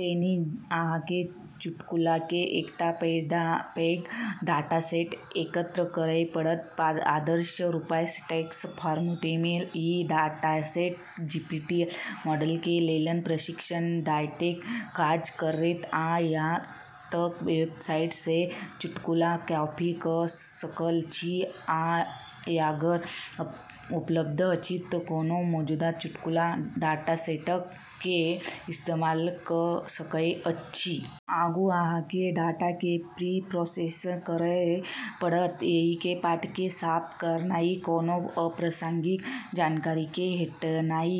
पहिने अहाँके चुटकुलाके एकटा पैघ डाटासेट एकत्र करय पड़त, आदर्श रूपसँ टेक्स्ट फॉर्मेटमे। ई डाटासेट जीपीटी मॉडलके लेल प्रशिक्षण डाटाके काज करतै। अहाँ या त' वेबसाइट सँ चुटकुला कॉपी क' सकय छी या अगर उपलब्ध अछि त' कोनो मौजूदा चुटकुला डाटासेटके इस्तेमाल क' सकय छी । आगू, अहाँके डाटाके प्री- प्रोसेस करय पड़त । एहिमे पाठके साफ करनाइ, कोनो अप्रासंगिक जानकारीके हटेनाइ,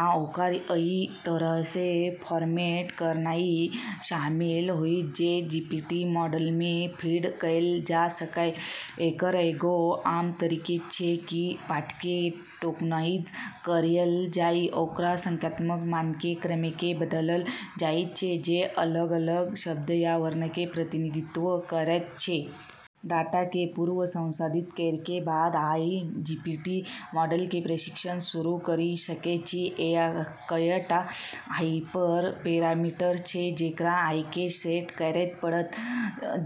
आ ओकरा अइ तरहसँ फॉर्मेट करनाइ शामिल होइत जे जीपीटी मॉडलमे फीड कैल जा सकय। एकर एगो आम तरीका छै कि पाठके टोकनाइज करल जाइ, ओकरा संख्यात्मक मानके क्रममे बदलल जाइत छै जे अलग-अलग शब्द या वर्णके प्रतिनिधित्व करै छै। डाटाके पूर्व संसाधित करैके बाद, अहाँ जीपीटी मॉडलके प्रशिक्षण शुरू करि सकै छी । कएटा हाइपर- पैरामीटर छै जेकरा अहाँके सेट करै पड़त,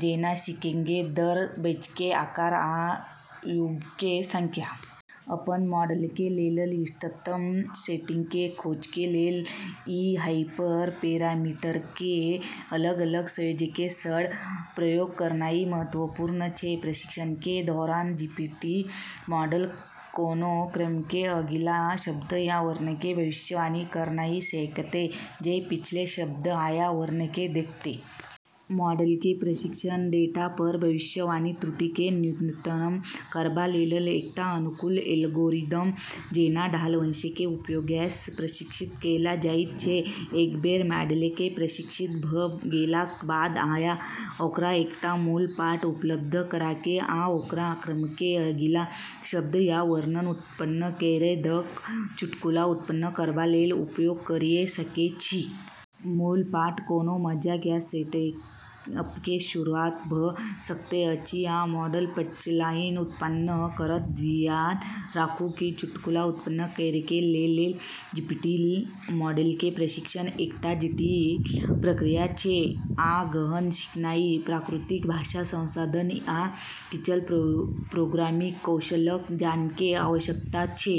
जेना सीखयके दर, बैचके आकार, आ युगके संख्या । अपन मॉडलके लेल इष्टतम सेटिंग्सके खोजैके लेल ई हाइपर- पैरामीटरके अलग-अलग संयोजनके सङ्ग प्रयोग करनाइ महत्वपूर्ण छै । प्रशिक्षणके दौरान जीपीटी मॉडल कोनो क्रममे अगिला शब्द या वर्णके भविष्यवाणी करनाइ सीखतै, जे पिछला शब्द या वर्णके देखतै । मॉडलके प्रशिक्षण डेटा पर भविष्यवाणी त्रुटिके न्यूनतम करबा लेल एकटा अनुकूलन एल्गोरिदम, जेना ढाल वंशके उपयोगसँ प्रशिक्षित कैल जाइत छै । एक बेर मॉडलके प्रशिक्षित भ' गेलाक बाद, अहाँ ओकरा एकटा मूल पाठ उपलब्ध कराके आ ओकरा क्रममे अगिला शब्द या वर्ण उत्पन्न करै द' क' चुटकुला उत्पन्न करबा लेल उपयोग करि सकै छी । मूल पाठ कोनो मजाक या सेटअपके शुरुआत भ' सकैत अछि, आ मॉडल पंचलाइन उत्पन्न करत। धियान राखु, कि चुटकुला उत्पन्न करैके लेल जीपीटी मॉडलके प्रशिक्षण एकटा जटिल प्रक्रिया छै, आ गहन सिखनाइ, प्राकृतिक भाषा संसाधन, आ किछ प्रोग्रामिंग कौशलक ज्ञानके आवश्यकता छै।